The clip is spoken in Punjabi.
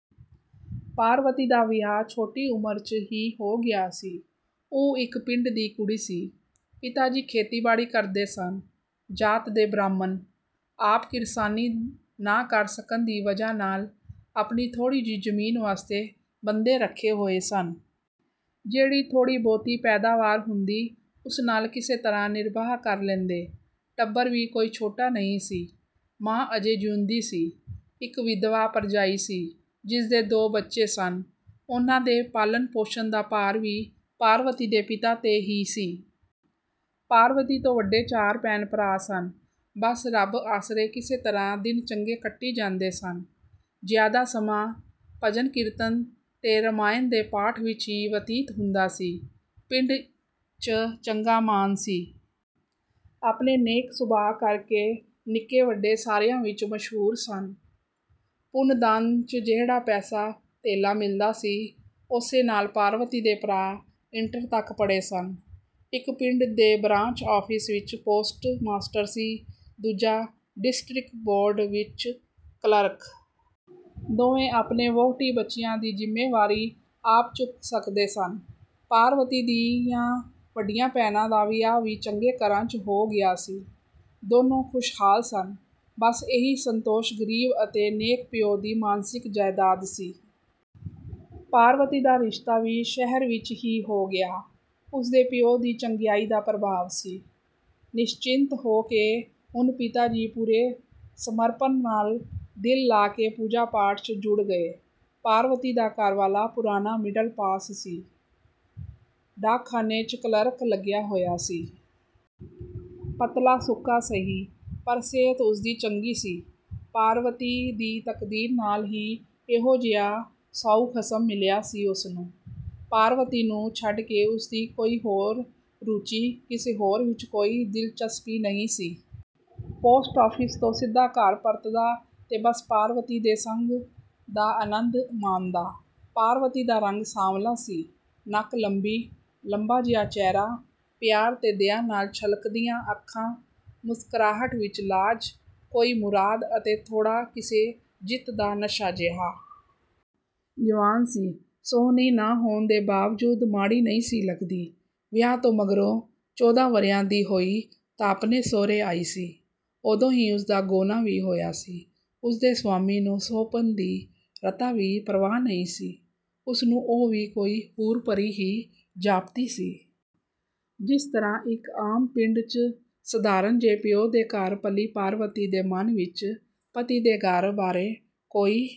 ਪਾਰਵਤੀ ਦਾ ਵਿਆਹ ਛੋਟੀ ਉਮਰ 'ਚ ਹੀ ਹੋ ਗਿਆ ਸੀ। ਉਹ ਇੱਕ ਪਿੰਡ ਦੀ ਕੁੜੀ ਸੀ। ਪਿਤਾ ਜੀ ਖੇਤੀਬਾੜੀ ਕਰਦੇ ਸਨ, ਜਾਤ ਦੇ ਬ੍ਰਾਹਮਣ। ਆਪ ਕਿਰਸਾਨੀ ਨਾ ਕਰ ਸਕਣ ਦੀ ਵਜ੍ਹਾ ਨਾਲ਼ ਆਪਣੀ ਥੋੜ੍ਹੀ ਜਿਹੀ ਜ਼ਮੀਨ ਵਾਸਤੇ ਬੰਦੇ ਰੱਖੇ ਹੋਏ ਸਨ। ਜਿਹੜੀ ਥੋੜ੍ਹੀ-ਬਹੁਤੀ ਪੈਦਾਵਾਰ ਹੁੰਦੀ, ਉਸ ਨਾਲ਼ ਕਿਸੇ ਤਰ੍ਹਾਂ ਨਿਰਬਾਹ ਕਰ ਲੈਂਦੇ। ਟੱਬਰ ਵੀ ਕੋਈ ਛੋਟਾ ਨਹੀਂ ਸੀ। ਮਾਂ ਅਜੇ ਜਿਉਂਦੀ ਸੀ, ਇੱਕ ਵਿਧਵਾ ਭਰਜਾਈ ਸੀ, ਜਿਸਦੇ ਦੋ ਬੱਚੇ ਸਨ। ਉਨ੍ਹਾਂ ਦੇ ਪਾਲਣ-ਪੋਸ਼ਣ ਦਾ ਭਾਰ ਵੀ ਪਾਰਵਤੀ ਦੇ ਪਿਤਾ 'ਤੇ ਹੀ ਸੀ। ਪਾਰਵਤੀ ਤੋਂ ਵੱਡੇ ਚਾਰ ਭੈਣ-ਭਰਾ ਸਨ। ਬੱਸ ਰੱਬ ਆਸਰੇ ਕਿਸੇ ਤਰ੍ਹਾਂ ਦਿਨ ਚੰਗੇ ਕੱਟੀ ਜਾਂਦੇ ਸਨ। ਜ਼ਿਆਦਾ ਸਮਾਂ ਭਜਨ-ਕੀਰਤਨ 'ਤੇ ਰਮਾਇਣ ਦੇ ਪਾਠ ਵਿੱਚ ਹੀ ਵਤੀਤ ਹੁੰਦਾ ਸੀ। ਪਿੰਡ 'ਚ ਚੰਗਾ ਮਾਣ ਸੀ। ਆਪਣੇ ਨੇਕ-ਸੁਭਾਅ ਕਰਕੇ ਨਿੱਕੇ-ਵੱਡੇ ਸਾਰਿਆਂ ਵਿੱਚ ਮਸ਼ਹੂਰ ਸਨ। ਪੁੰਨ-ਦਾਨ 'ਚ ਜਿਹੜਾ ਪੈਸਾ-ਧੇਲਾ ਮਿਲਦਾ ਸੀ, ਉਸੇ ਨਾਲ਼ ਪਾਰਵਤੀ ਦੇ ਭਰਾ ਇੰਟਰ ਤੱਕ ਪੜ੍ਹੇ ਸਨ। ਇੱਕ ਪਿੰਡ ਦੇ ਬ੍ਰਾਂਚ ਆਫ਼ਿਸ ਵਿੱਚ ਪੋਸਟਮਾਸਟਰ ਸੀ, ਦੂਜਾ ਡਿਸਟ੍ਰਿਕਟ ਬੋਰਡ ਵਿੱਚ ਕਲਰਕ। ਦੋਵੇਂ ਆਪਣੇ ਵਹੁਟੀ-ਬੱਚਿਆਂ ਦੀ ਜ਼ਿੰਮੇਵਾਰੀ ਆਪ ਚੁੱਕ ਸਕਦੇ ਸਨ। ਪਾਰਵਤੀ ਦੀਆਂ ਵੱਡੀਆਂ ਭੈਣਾਂ ਦਾ ਵਿਆਹ ਵੀ ਚੰਗੇ ਘਰਾਂ 'ਚ ਹੋ ਗਿਆ ਸੀ, ਦੋਨੋਂ ਖੁਸ਼ਹਾਲ ਸਨ। ਬੱਸ ਇਹੀ ਸੰਤੋਸ਼ ਗਰੀਬ ਅਤੇ ਨੇਕ ਪਿਉ ਦੀ ਮਾਨਸਿਕ ਜਾਇਦਾਦ ਸੀ। ਪਾਰਵਤੀ ਦਾ ਰਿਸ਼ਤਾ ਵੀ ਸ਼ਹਿਰ ਵਿੱਚ ਹੀ ਹੋ ਗਿਆ, ਉਸਦੇ ਪਿਉ ਦੀ ਚੰਗਿਆਈ ਦਾ ਪ੍ਰਭਾਵ ਸੀ। ਨਿਸ਼ਚਿੰਤ ਹੋ ਕੇ ਹੁਣ ਪਿਤਾ ਜੀ ਪੂਰੇ ਸਮਰਪਣ ਨਾਲ਼ ਦਿਲ ਲਾ ਕੇ ਪੂਜਾ-ਪਾਠ 'ਚ ਜੁੜ ਗਏ। ਪਾਰਵਤੀ ਦਾ ਘਰਵਾਲਾ ਪੁਰਾਣਾ ਮਿਡਲ ਪਾਸ ਸੀ, ਡਾਕਖਾਨੇ 'ਚ ਕਲਰਕ ਲੱਗਿਆ ਹੋਇਆ ਸੀ। ਪਤਲਾ-ਸੁੱਕਾ ਸਹੀ, ਪਰ ਸਿਹਤ ਉਸਦੀ ਚੰਗੀ ਸੀ। ਪਾਰਵਤੀ ਦੀ ਤਕਦੀਰ ਨਾਲ਼ ਹੀ ਇਹੋ ਜਿਹਾ ਸਾਊ ਖਸਮ ਮਿਲਿਆ ਸੀ ਉਸਨੂੰ। ਪਾਰਵਤੀ ਨੂੰ ਛੱਡਕੇ ਉਸਦੀ ਕੋਈ ਹੋਰ ਰੁਚੀ, ਕਿਸੇ ਹੋਰ ਵਿੱਚ ਕੋਈ ਦਿਲਚਸਪੀ ਨਹੀਂ ਸੀ। ਪੋਸਟ ਆਫ਼ਿਸ ਤੋਂ ਸਿੱਧਾ ਘਰ ਪਰਤਦਾ 'ਤੇ ਬੱਸ ਪਾਰਵਤੀ ਦੇ ਸੰਗ ਦਾ ਅਨੰਦ ਮਾਣਦਾ। ਪਾਰਵਤੀ ਦਾ ਰੰਗ ਸਾਂਵਲਾ ਸੀ। ਨੱਕ ਲੰਬੀ, ਲੰਬਾ ਜਿਹਾ ਚਿਹਰਾ, ਪਿਆਰ 'ਤੇ ਦਇਆ ਨਾਲ਼ ਛਲਕਦੀਆਂ ਅੱਖਾਂ, ਮੁਸਕਰਾਹਟ ਵਿੱਚ ਲਾਜ, ਕੋਈ ਮੁਰਾਦ ਅਤੇ ਥੋੜ੍ਹਾ ਕਿਸੇ ਜਿੱਤ ਦਾ ਨਸ਼ਾ ਜਿਹਾ। ਜਵਾਨ ਸੀ, ਸੁਹਣੀ ਨਾ ਹੋਣ ਦੇ ਬਾਵਜੂਦ ਮਾੜੀ ਨਹੀਂ ਸੀ ਲੱਗਦੀ। ਵਿਆਹ ਤੋਂ ਮਗਰੋਂ ਚੌਦ੍ਹਾਂ ਵਰ੍ਹਿਆਂ ਦੀ ਹੋਈ ਤਾਂ ਆਪਣੇ ਸਹੁਰੇ ਆਈ ਸੀ, ਉਦੋਂ ਹੀ ਉਸਦਾ ਗੌਣਾ ਵੀ ਹੋਇਆ ਸੀ। ਉਸਦੇ ਸਵਾਮੀ ਨੂੰ ਸੁਹੱਪਣ ਦੀ ਰਤਾ ਵੀ ਪਰਵਾਹ ਨਹੀਂ ਸੀ, ਉਸਨੂੰ ਉਹ ਵੀ ਕੋਈ ਹੂਰ-ਪਰੀ ਹੀ ਜਾਪਦੀ ਸੀ। ਜਿਸ ਤਰ੍ਹਾਂ ਇੱਕ ਆਮ ਪਿੰਡ 'ਚ ਸਧਾਰਣ ਜਿਹੇ ਪਿਉ ਦੇ ਘਰ ਪਲੀ ਪਾਰਵਤੀ ਦੇ ਮਨ ਵਿੱਚ ਪਤੀ ਦੇ ਘਰ ਬਾਰੇ ਕੋਈ